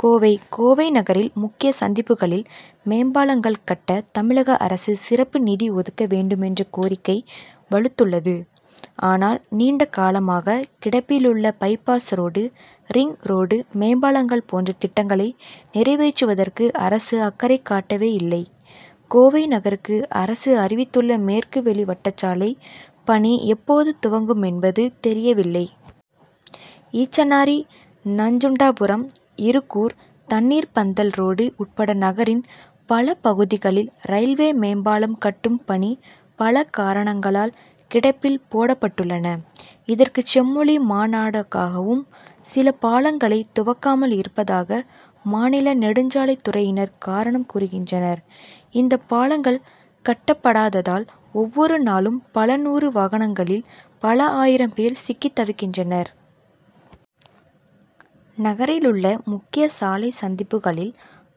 கோவை கோவை நகரில், முக்கிய சந்திப்புகளில் மேம்பாலங்கள் கட்ட, தமிழக அரசு சிறப்பு நிதி ஒதுக்க வேண்டுமென்ற கோரிக்கை வலுத்துள்ளது. ஆனால், நீண்ட காலமாக கிடப்பிலுள்ள பை-பாஸ் ரோடு, ரிங் ரோடு, மேம்பாலங்கள் போன்ற திட்டங்களை நிறைவேற்றுவதற்கு அரசு அக்கறை காட்டவேயில்லை. கோவை நகருக்கு அரசு அறிவித்துள்ள மேற்கு வெளி வட்டச்சாலை பணி எப்போது துவங்குமென்பது தெரியவில்லை. ஈச்சனாரி, நஞ்சுண்டாபுரம், இருகூர், தண்ணீர்ப்பந்தல் ரோடு உட்பட நகரின் பல பகுதிகளில், ரயில்வே மேம்பாலம் கட்டும் பணி, பல காரணங்களால் கிடப்பில் போடப் பட்டுள்ளன. இதற்கு, செம்மொழி மாநாடுக்காகவும் சில பாலங்களைத் துவக்காமல் இருப்பதாக, மாநில நெடுஞ்சாலைத்துறையினர் காரணம் கூறுகின்றனர். இந்த பாலங்கள் கட்டப்படாததால், ஒவ்வொரு நாளும் பல நூறு வாகனங்களில், பல ஆயிரம் பேர் சிக்கித் தவிக்கின்றனர். நகரிலுள்ள முக்கிய சாலை சந்திப்புகளில்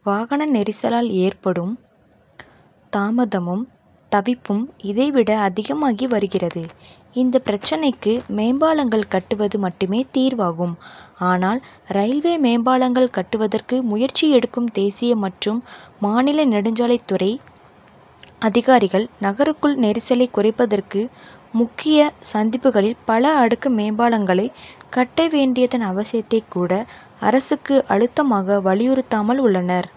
வாகன நெரிசலால் ஏற்படும் தாமதமும், தவிப்பும் இதைவிட அதிகமாகி வருகிறது; இந்த பிரச்னைக்கு மேம்பாலங்கள் கட்டுவது மட்டுமே தீர்வாகும். ஆனால், ரயில்வே மேம்பாலங்கள் கட்டுவதற்கு முயற்சி எடுக்கும் தேசிய மற்றும் மாநில நெடுஞ்சாலைத் துறை அதிகாரிகள், நகருக்குள் நெரிசலைக் குறைப்பதற்கு, முக்கிய சந்திப்புகளில் பல அடுக்கு மேம்பாலங்களைக் கட்ட வேண்டியதன் அவசியத்தைக் கூட, அரசுக்கு அழுத்தமாக வலியுறுத்தாமல் உள்ளனர்.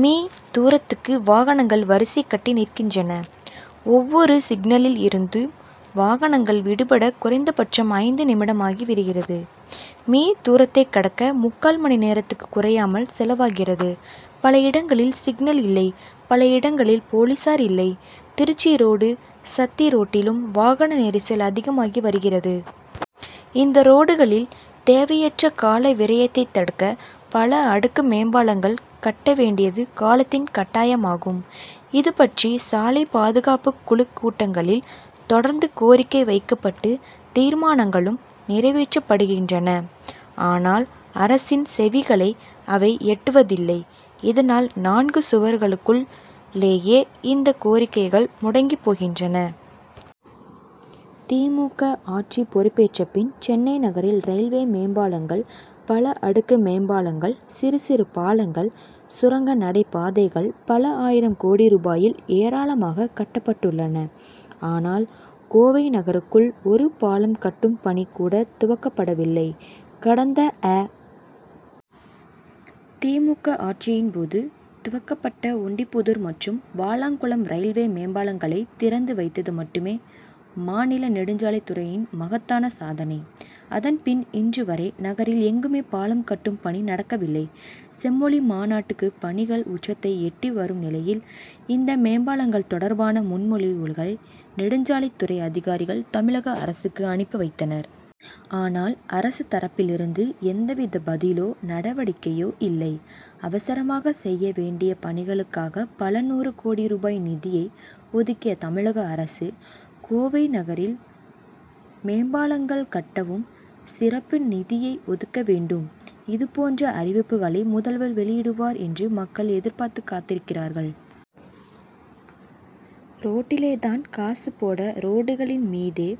மீ., தூரத்துக்கு வாகனங்கள் வரிசை கட்டி நிற்கின்றன. ஒவ்வொரு சிக்னலில் இருந்தும் வாகனங்கள் விடுபட குறைந்தபட்சம் ஐந்து நிமிடமாகி விடுகிறது. மீ., தூரத்தைக் கடக்க, முக்கால் மணி நேரத்துக்குக் குறையாமல் செலவாகிறது. பல இடங்களில் சிக்னல் இல்லை; பல இடங்களில் போலீசார் இல்லை. திருச்சி ரோடு, சத்தி ரோட்டிலும் வாகன நெரிசல் அதிகமாகி வருகிறது. இந்த ரோடுகளில் தேவையற்ற கால விரயத்தைத் தடுக்க, பல அடுக்கு மேம்பாலங்கள் கட்டவேண்டியது காலத்தின் கட்டாயமாகும். இதுபற்றி சாலை பாதுகாப்புக் குழுக் கூட்டங்களில், தொடர்ந்து கோரிக்கை வைக்கப்பட்டு, தீர்மானங்களும் நிறைவேற்றப்படுகின்றன. ஆனால், அரசின் செவிகளை அவை எட்டுவதில்லை. இதனால், நான்கு சுவர்களுக்குள் ளேயே இந்த கோரிக்கைகள் முடங்கிப் போகின்றன. தி. மு. க., ஆட்சி பொறுப்பேற்றபின், சென்னை நகரில் ரயில்வே மேம்பாலங்கள், பல அடுக்கு மேம்பாலங்கள், சிறு சிறு பாலங்கள், சுரங்க நடைபாதைகள் பல ஆயிரம் கோடி ரூபாயில் ஏராளமாகக் கட்டப்பட்டுள்ளன. ஆனால், கோவை நகருக்குள் ஒரு பாலம் கட்டும் பணி கூட துவக்கப்படவில்லை. கடந்த அ. தி. மு. க., ஆட்சியின்போது, துவக்கப்பட்ட ஒண்டிப்புதூர் மற்றும் வாலாங்குளம் ரயில்வே மேம் பாலங்களைத் திறந்து வைத்தது மட்டுமே, மாநில நெடுஞ்சாலைத்துறையின் மகத்தான சாதனை. அதன்பின், இன்று வரை நகரில் எங்குமே பாலம் கட்டும் பணி நடக்கவில்லை. செம்மொழி மாநாட்டுப் பணிகள் உச்சத்தை எட்டி வரும் நிலையில், இந்த மேம்பாலங்கள் தொடர்பான முன்மொழிவுகளை நெடுஞ்சாலைத் துறை அதிகாரிகள், தமிழக அரசுக்கு அனுப்பி வைத்தனர். ஆனால், அரசு தரப்பிலிருந்து எந்த வித பதிலோ, நடவடிக்கையோ இல்லை. அவசரமாகச் செய்ய வேண்டிய பணிகளுக்காக பல நூறு கோடி ரூபாய் நிதியை ஒதுக்கிய தமிழக அரசு, கோவை கரில் மேம்பாலங்கள் கட்டவும் சிறப்பு நிதியை ஒதுக்க வேண்டும். இது போன்ற அறிவிப்புகளை முதல்வர் வெளியிடுவார் என்று மக்கள் எதிர்பார்த்துக் காத்திருக்கிறார்கள். ரோட்டிலேதான் காசு போட்ட ரோடுகளின் மீதே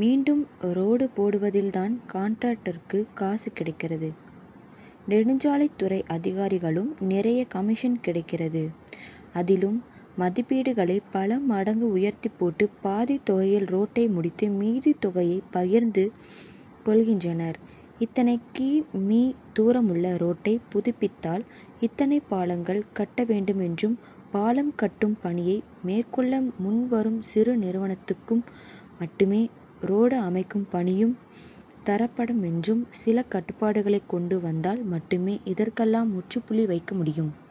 மீண்டும் ரோடு போடுவதில்தான் கான்ட்ராக்டர்களுக்கு காசு கிடைக்கிறது; நெடுஞ்சாலைத்துறை அதிகாரிகளுக்கும் நிறைய கமிஷன் கிடைக்கிறது. அதிலும் மதிப்பீடுகளை பல மடங்கு உயர்த்திப் போட்டு, பாதித் தொகையில் ரோட்டை முடித்து, மீதித்தொகையை பகிர்ந்து கொள்கின்றனர். இத்தனை கி. மீ., தூரமுள்ள ரோட்டைப் புதுப்பித்தால், இத்தனை பாலங்கள் கட்ட வேண்டுமென்றும், பாலம் கட்டும் பணியை மேற்கொள்ள முன் வரும் நிறுவனத்துக்கு மட்டுமே ரோடு அமைக்கும் பணியும் தரப்படுமென்றும் சில கட்டுப்பாடுகளைக் கொண்டு வந்தால் மட்டுமே இதற்கெல்லாம் முற்றுப்புள்ளி வைக்க முடியும்.